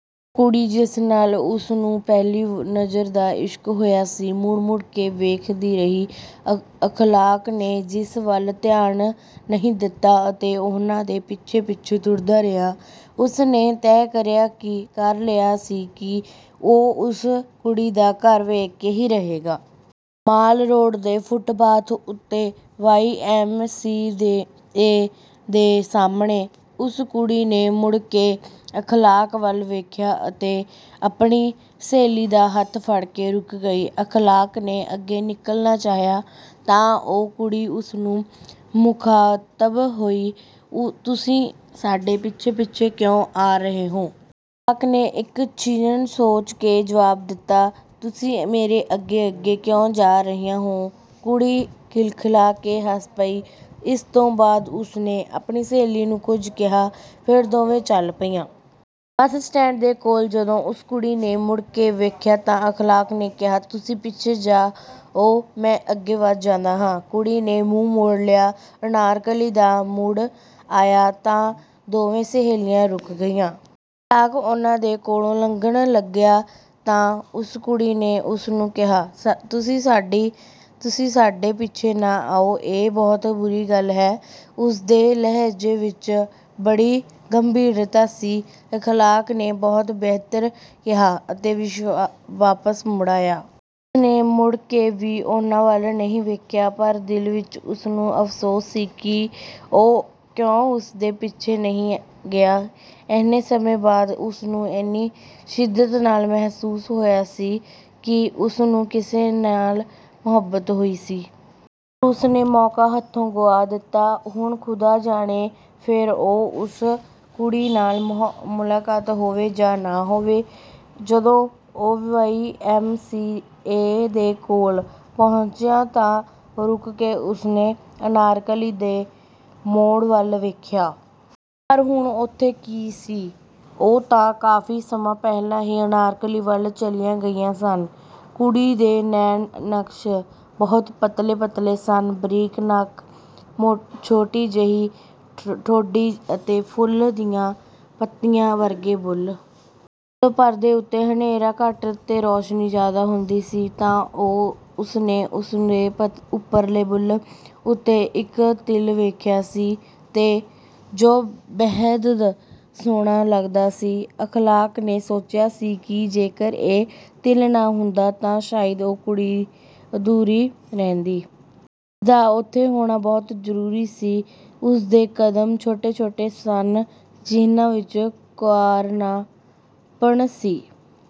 ਕੁੜੀ ਜਿਸ ਨਾਲ ਉਸ ਨੂੰ ਪਹਿਲੀ ਨਜ਼ਰ ਦਾ ਇਸ਼ਕ ਹੋਇਆ ਸੀ ਮੁੜ ਮੁੜ ਕੇ ਵੇਖਦੀ ਰਹੀ। ਅਖ਼ਲਾਕ ਨੇ ਜਿਸ ਵੱਲ ਧਿਆਨ ਨਹੀਂ ਦਿੱਤਾ ਅਤੇ ਉਨ੍ਹਾਂ ਦੇ ਪਿੱਛੇ ਪਿੱਛੇ ਤੁਰਦਾ ਰਿਹਾ। ਉਸ ਨੇ ਤੈ ਕਰ ਲਿਆ ਸੀ ਕਿ ਉਹ ਉਸ ਕੁੜੀ ਦਾ ਘਰ ਵੇਖ ਕੇ ਹੀ ਰਹੇਗਾ। ਮਾਲ ਰੋਡ ਦੇ ਫੁੱਟਪਾਥ ਉੱਤੇ ਵਾਈ ਐਮ ਸੀ ਏ ਦੇ ਸਾਹਮਣੇ ਉਸ ਕੁੜੀ ਨੇ ਮੁੜ ਕੇ ਅਖ਼ਲਾਕ ਵੱਲ ਵੇਖਿਆ ਅਤੇ ਆਪਣੀ ਸਹੇਲੀ ਦਾ ਹੱਥ ਫੜ ਕੇ ਰੁਕ ਗਈ। ਅਖ਼ਲਾਕ ਨੇ ਅੱਗੇ ਨਿਕਲਣਾ ਚਾਹਿਆ ਤਾਂ ਉਹ ਕੁੜੀ ਉਸ ਨੂੰ ਮੁਖ਼ਾਤਬ ਹੋਈ "ਤੁਸੀਂ ਸਾਡੇ ਪਿੱਛੇ ਪਿੱਛੇ ਕਿਉਂ ਆ ਰਹੇ ਹੋ?" ਅਖ਼ ਨੇ ਇੱਕ ਛਿਣ ਸੋਚ ਕੇ ਜਵਾਬ ਦਿੱਤਾ "ਤੁਸੀਂ ਮੇਰੇ ਅੱਗੇ ਅੱਗੇ ਕਿਉਂ ਜਾ ਰਹੀਆਂ ਹੋ?" ਕੁੜੀ ਖਿਲਖਿਲਾ ਕੇ ਹੱਸ ਪਈ। ਇਸ ਤੋਂ ਬਾਅਦ ਉਸ ਨੇ ਆਪਣੀ ਸਹੇਲੀ ਨੂੰ ਕੁਝ ਕਿਹਾ ਫਿਰ ਦੋਵੇਂ ਚੱਲ ਪਈਆਂ। ਬੱਸ ਸਟੈਂਡ ਦੇ ਕੋਲ ਜਦੋਂ ਉਸ ਕੁੜੀ ਨੇ ਮੁੜ ਕੇ ਵੇਖਿਆ ਤਾਂ ਅਖ਼ਲਾਕ ਨੇ ਕਿਹਾ "ਤੁਸੀਂ ਪਿੱਛੇ ਆ ਜਾਓ ਮੈਂ ਅੱਗੇ ਵੱਧ ਜਾਂਦਾ ਹਾਂ।" ਕੁੜੀ ਨੇ ਮੂੰਹ ਮੋੜ ਲਿਆ। ਅਨਾਰਕਲੀ ਦਾ ਮੂੜ ਆਇਆ ਤਾਂ ਦੋਵੇਂ ਸਹੇਲੀਆਂ ਰੁਕ ਗਈਆਂ। ਅਖ਼ਲਾਕ ਉਨ੍ਹਾਂ ਦੇ ਕੋਲੋਂ ਲੰਘਣ ਲੱਗਿਆ ਤਾਂ ਉਸ ਕੁੜੀ ਨੇ ਉਸ ਨੂੰ ਕਿਹਾ "ਤੁਸੀਂ ਸਾਡੇ ਪਿੱਛੇ ਨਾ ਆਓ ਇਹ ਬਹੁਤ ਬੁਰੀ ਗੱਲ ਹੈ।" ਉਸ ਦੇ ਲਹਿਜੇ ਵਿੱਚ ਬੜੀ ਗੰਭੀਰਤਾ ਸੀ। ਅਖ਼ਲਾਕ ਨੇ "ਬਹੁਤ ਬਿਹਤਰ" ਕਿਹਾ ਅਤੇ ਵਾਪਸ ਮੁੜ ਆਯਾ। ਉਸ ਨੇ ਮੁੜ ਕੇ ਵੀ ਉਨ੍ਹਾਂ ਵੱਲ ਨਹੀਂ ਵੇਖਿਆ। ਪਰ ਦਿਲ ਵਿੱਚ ਉਸ ਨੂੰ ਅਫ਼ਸੋਸ ਸੀ ਕਿ ਉਹ ਕਿਉਂ ਉਸ ਦੇ ਪਿੱਛੇ ਨਹੀਂ ਗਿਆ। ਇੰਨੇ ਸਮੇਂ ਬਾਅਦ ਉਸ ਨੂੰ ਇੰਨੀ ਸ਼ਿੱਦਤ ਨਾਲ ਮਹਿਸੂਸ ਹੋਇਆ ਸੀ ਕਿ ਉਸ ਨੂੰ ਕਿਸੇ ਨਾਲ ਮੁਹੱਬਤ ਹੋਈ ਹੈ। ਪਰ ਉਸ ਨੇ ਮੌਕਾ ਹੱਥੋਂ ਗੁਆ ਦਿੱਤਾ। ਹੁਣ ਖ਼ੁਦਾ ਜਾਣੇ ਫਿਰ ਉਸ ਕੁੜੀ ਨਾਲ ਮੁਲਾਕਾਤ ਹੋਵੇ ਜਾਂ ਨਾ ਹੋਵੇ। ਜਦੋਂ ਉਹ ਵਾਈ ਐਮ ਸੀ ਏ ਦੇ ਕੋਲ ਪਹੁੰਚਿਆ ਤਾਂ ਰੁਕ ਕੇ ਉਸ ਨੇ ਅਨਾਰਕਲੀ ਦੇ ਮੋੜ ਵੱਲ ਵੇਖਿਆ। ਪਰ ਹੁਣ ਉੱਥੇ ਕੀ ਸੀ? ਉਹ ਤਾਂ ਕਾਫ਼ੀ ਸਮਾਂ ਪਹਿਲਾਂ ਹੀ ਅਨਾਰਕਲੀ ਵੱਲ ਚਲੀਆਂ ਗਈਆਂ ਸਨ। ਕੁੜੀ ਦੇ ਨੈਣ ਨਕਸ਼ ਬਹੁਤ ਪਤਲੇ ਪਤਲੇ ਸਨ। ਬਰੀਕ ਨੱਕ ਛੋਟੀ ਜਿਹੀ ਠੋਡੀ ਅਤੇ ਫੁੱਲ ਦੀਆਂ ਪੱਤੀਆਂ ਵਰਗੇ ਬੁੱਲ੍ਹ। ਜਦੋਂ ਪਰਦੇ ਉੱਤੇ ਹਨੇਰਾ ਘੱਟ ਅਤੇ ਰੌਸ਼ਨੀ ਜ਼ਿਆਦਾ ਹੁੰਦੀ ਸੀ ਤਾਂ ਉਸ ਨੇ ਉਸ ਦੇ ਉਪਰਲੇ ਬੁੱਲ੍ਹ ਉੱਤੇ ਇੱਕ ਤਿਲ ਵੇਖਿਆ ਸੀ ਤੇ ਜੋ ਬੇਹੱਦ ਸੋਹਣਾ ਲੱਗਦਾ ਸੀ। ਅਖ਼ਲਾਕ ਨੇ ਸੋਚਿਆ ਸੀ ਕਿ ਜੇਕਰ ਇਹ ਤਿਲ ਨਾ ਹੁੰਦਾ ਤਾਂ ਸ਼ਾਇਦ ਉਹ ਕੁੜੀ ਅਧੂਰੀ ਰਹਿੰਦੀ। ਇਸ ਦਾ ਉੱਥੇ ਹੋਣਾ ਬਹੁਤ ਜ਼ਰੂਰੀ ਸੀ। ਉਸ ਦੇ ਕਦਮ ਛੋਟੇ ਛੋਟੇ ਸਨ ਜਿਨ੍ਹਾਂ ਵਿੱਚ ਕੁਆਰਨਾਪਣ ਸੀ।